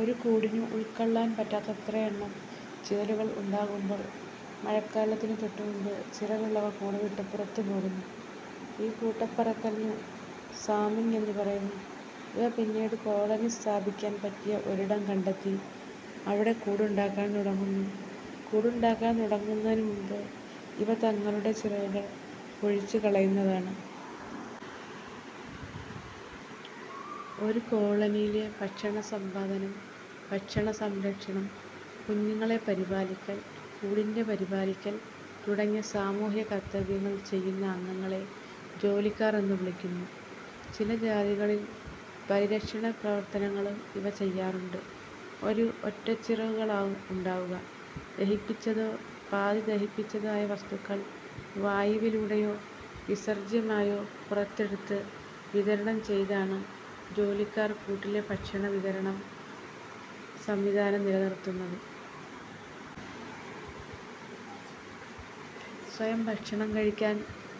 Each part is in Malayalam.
ഒരു കൂടിനു ഉൾക്കൊള്ളാൻ പറ്റാത്തത്രയെണ്ണം ചിതലുകൾ ഉണ്ടാകുമ്പോൾ മഴക്കാലത്തിനു തൊട്ടുമുമ്പ് ചിറകുള്ളവ കൂടുവിട്ടു പുറത്തു പോകുന്നു. ഈ കൂട്ടപ്പറക്കലിന് ''സ്വാമിങ്'' എന്നു പറയുന്നു. ഇവ പിന്നീട് കോളനി സ്ഥാപിക്കാൻ പറ്റിയ ഒരിടം കണ്ടെത്തി അവിടെ കൂടുണ്ടാക്കാൻ തുടങ്ങുന്നു. കൂടുണ്ടാക്കാൻ തുടങ്ങുന്നതിനു മുമ്പ് ഇവ തങ്ങളുടെ ചിറകുകൾ പൊഴിച്ചു കളയുന്നതാണ്. ഒരു കോളനിയിലെ ഭക്ഷണ സമ്പാദനം, ഭക്ഷണ സംരക്ഷണം, കുഞ്ഞുങ്ങളെ പരിപാലിക്കൽ, കൂടിന്റെ പരിപാലിക്കൽ തുടങ്ങിയ സാമൂഹിക കർത്തവ്യങ്ങൾ ചെയ്യുന്ന അംഗങ്ങളെ ജോലിക്കാർ എന്നു വിളിക്കുന്നു. ചില ജാതികളിൽ പരിരക്ഷണ പ്രവർത്തനങ്ങളും ഇവ ചെയ്യാറുണ്ട്. ഒരു ഒറ്റച്ചിറകുകളാവും ഉണ്ടാവുക. ദഹിപ്പിച്ചതോ പാതി ദഹിപ്പിച്ചതോ ആയ വസ്തുക്കൾ വായിലൂടെയോ വിസർജ്ജ്യമായോ പുറത്തെടുത്ത് വിതരണം ചെയ്താണ് ജോലിക്കാർ കൂട്ടിലെ ഭക്ഷണ വിതരണ സംവിധാനം നിലനിർത്തുന്നത്. സ്വയം ഭക്ഷണം കഴിക്കാൻ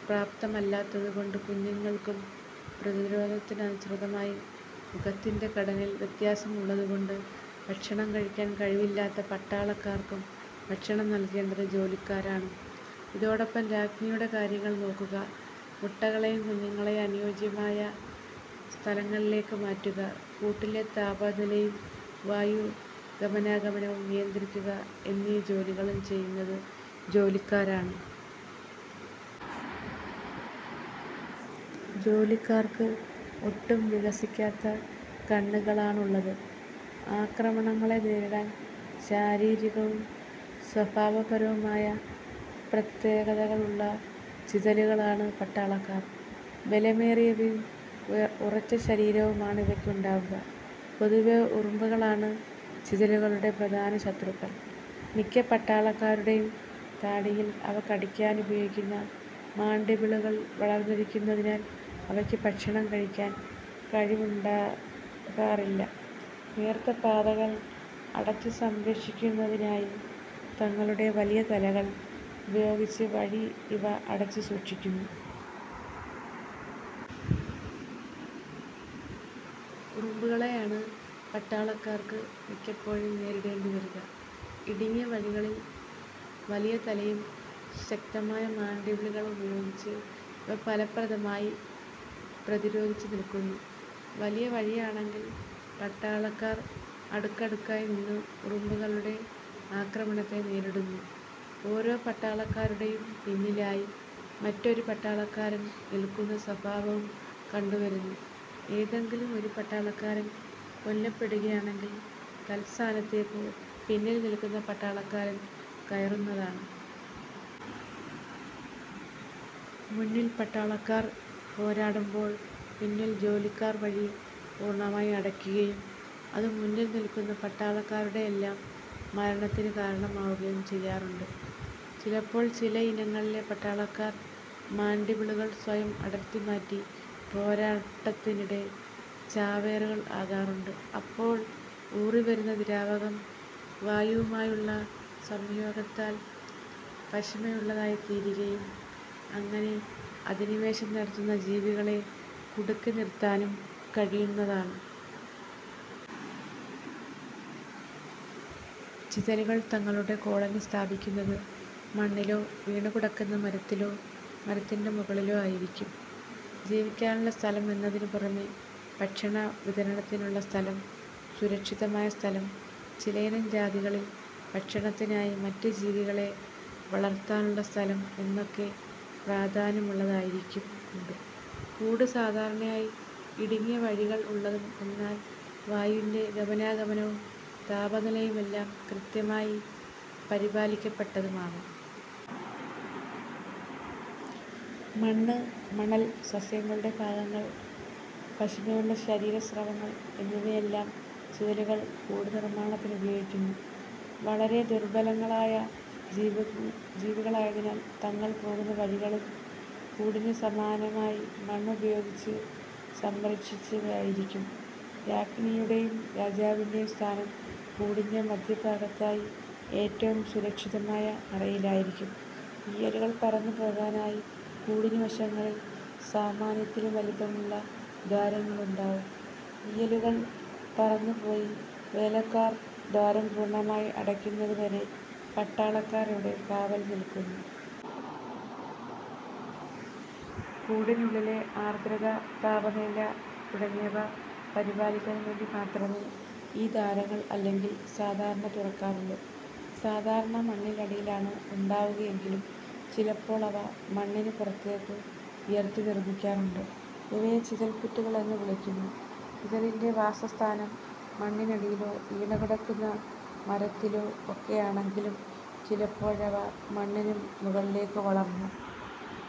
പ്രാപ്തമല്ലാത്തതുകൊണ്ട് കുഞ്ഞുങ്ങൾക്കും, പ്രതിരോധത്തിനനുസൃതമായി മുഖത്തിന്റെ ഘടനയിൽ വ്യത്യാസമുള്ളതുകൊണ്ട് ഭക്ഷണം കഴിക്കാൻ കഴിവില്ലാത്ത പട്ടാളക്കാർക്കും ഭക്ഷണം നൽകേണ്ടത് ജോലിക്കാരാണ്. ഇതോടൊപ്പം രാജ്ഞിയുടെ കാര്യങ്ങൾ നോക്കുക, മുട്ടകളേയും കുഞ്ഞുങ്ങളേയും അനുയോജ്യമായ സ്ഥലങ്ങളിലേയ്ക്ക് മാറ്റുക, കൂട്ടിലെ താപനിലയും വായൂ ഗമനാഗമനവും നിയന്ത്രിക്കുക എന്നീ ജോലികളും ചെയ്യുന്നത് ജോലിക്കാരാണ്. ജോലിക്കാർക്ക് ഒട്ടും വികസിക്കാത്ത കണ്ണുകളാണുള്ളത്. ആക്രമണങ്ങളെ നേരിടാൻ ശാരീരികവും സ്വഭാവപരവുമായ പ്രത്യേകതകൾ ഉള്ള ചിതലുകളാണ് പട്ടാളക്കാർ. ബലമേറിയവയും ഉറച്ചശരീരവുമാണിവയ്ക്കുണ്ടാവുക. പൊതുവേ ഉറുമ്പുകളാണ് ചിതലുകളുടെ പ്രധാന ശത്രുക്കൾ. മിക്ക പട്ടാളക്കാരുടേയും താടിയിൽ അവ കടിക്കാനുപയോഗിക്കുന്ന മാൻഡിബിളുകൾ വളർന്നിരിക്കുന്നതിനാൽ അവയ്ക്ക് ഭക്ഷണം കഴിയ്ക്കാൻ കഴിവുണ്ടാകാറില്ല. നേർത്ത പാതകൾ അടച്ചുസംരക്ഷിക്കുന്നതിനായി തങ്ങളുടെ വലിയ തലകൾ ഉപയോഗിച്ച് വഴി ഇവ അടച്ചു സൂക്ഷിക്കുന്നു. ഉറുമ്പുകളെയാണ് പട്ടാളക്കാർക്ക് മിക്കപ്പോഴും നേരിടേണ്ടിവരിക. ഇടുങ്ങിയ വഴികളിൽ വലിയ തലയും ശക്തമായ മാൻഡിബിളുകളുമുപയോഗിച്ച് ഇവ ഫലപ്രദമായി പ്രതിരോധിച്ചു നിൽക്കുന്നു. വലിയ വഴിയാണെങ്കിൽ പട്ടാളക്കാർ അടുക്കടുക്കായി നിന്ന് ഉറുമ്പുകളുടെ ആക്രമണത്തെ നേരിടുന്നു. ഓരോ പട്ടാളക്കാരുടെയും പിന്നിലായി മറ്റൊരു പട്ടാളക്കാരൻ നിൽക്കുന്ന സ്വഭാവവും കണ്ടു വരുന്നു. ഏതെങ്കിലും ഒരു പട്ടാളക്കാരൻ കൊല്ലപ്പെടുകയാണെങ്കിൽ തത്സ്ഥാനത്തേയ്ക്ക് പിന്നിൽ നിൽക്കുന്ന പട്ടാളക്കാരൻ കയറുന്നതാണ്. മുന്നിൽ പട്ടാളക്കാർ പോരാടുമ്പോൾ പിന്നിൽ ജോലിക്കാർ വഴി പൂർണ്ണമായും അടയ്ക്കുകയും അത് മുന്നിൽ നിൽക്കുന്ന പട്ടാളക്കാരുടെയെല്ലാം മരണത്തിനു കാരണമാവുകയും ചെയ്യാറുണ്ട്. ചിലപ്പോൾ ചിലയിനങ്ങളിലെ പട്ടാളക്കാർ മാൻഡിബിളുകൾ സ്വയം അടർത്തിമാറ്റി പോരാട്ടത്തിനിടെ ചാവേറുകൾ ആകാറുണ്ട്. അപ്പോൾ ഊറിവരുന്ന ദ്രാവകം വായുവുമായുള്ള സംയോഗത്താൽ പശിമയുള്ളതായി തീരുകയും അങ്ങനെ അധിനിവേശം നടത്തുന്ന ജീവികളെ കുടുക്കി നിർത്താനും കഴിയുന്നതാണ്. ചിതലുകൾ തങ്ങളുടെ കോളനി സ്ഥാപിക്കുന്നത്, മണ്ണിലോ, വീണുകിടക്കുന്ന മരത്തിലോ, മരത്തിന്റെ മുകളിലോ ആയിരിക്കും. ജീവിക്കാനുള്ള സ്ഥലം എന്നതിനു പുറമേ ഭക്ഷണവിതരണത്തിനുള്ള സ്ഥലം, സുരക്ഷിതമായ സ്ഥലം, ചിലയിനം ജാതികളിൽ ഭക്ഷണത്തിനായി മറ്റു ജീവികളെ വളർത്താനുള്ള സ്ഥലം എന്നൊക്കെ പ്രാധാന്യമുള്ളതായിരിക്കും കൂട്. കൂട് സാധാരണയായി ഇടുങ്ങിയ വഴികൾ ഉള്ളതും എന്നാൽ വായുവിന്റെ ഗമനാഗമനവും താപനിലയുമെല്ലാം കൃത്യമായി പരിപാലിക്കപ്പെട്ടതുമാവും. മണ്ണ്, മണൽ, സസ്യങ്ങളുടെ ഭാഗങ്ങൾ, പശിമയുള്ള ശരീരസ്രവങ്ങൾ എന്നിവയെല്ലാം ചിതലുകൾ കൂടുനിർമ്മാണത്തിനുപയോഗിക്കുന്നു. വളരെ ദുർബലങ്ങളായ ജീവികളായതിനാൽ തങ്ങൾ പോകുന്ന വഴികളും കൂടിനു സമാനമായി മണ്ണുപയോഗിച്ച് സംരക്ഷിച്ചവയായിരിക്കും. രാജ്ഞിയുടേയും രാജാവിന്റെയും സ്ഥാനം കൂടിന്റെ മദ്ധ്യഭാഗത്തായി ഏറ്റവും സുരക്ഷിതമായ അറയിലായിരിക്കും. ഈയലുകൾ പറന്നു പോകാനായി കൂടിനുവശങ്ങളിൽ സാമാന്യത്തിലും വലിപ്പമുള്ള ദ്വാരങ്ങളുണ്ടാകും, ഈയലുകൾ പറന്നു പോയി വേലക്കാർ ദ്വാരം പൂർണ്ണമായി അടയ്ക്കുന്നതുവരെ പട്ടാളക്കാർ ഇവിടെ കാവൽ നിൽക്കുന്നു. കൂടിനുള്ളിലെ ആർദ്രത, താപനില തുടങ്ങിയവ പരിപാലിക്കാൻ വേണ്ടി മാത്രമേ ഈ ദ്വാരങ്ങൾ അല്ലെങ്കിൽ സാധാരണ തുറക്കാറുള്ളു. സാധാരണ മണ്ണിനടിയിലാണ് ഉണ്ടാവുകയെങ്കിലും ചിലപ്പോളവ മണ്ണിനു പുറത്തെയ്ക്ക് ഉയർത്തി നിർമ്മിക്കാറുണ്ട്. ഇവയെ ചിതൽ പുറ്റുകൾ എന്നു വിളിക്കുന്നു. ചിതലിന്റെ വാസസ്ഥാനം മണ്ണിനടിയിലോ വീണുകിടക്കുന്ന മരത്തിലോ ഒക്കെയാണെങ്കിലും ചിലപ്പോഴവ മണ്ണിനു മുകളിലേയ്ക്ക് വളർന്നു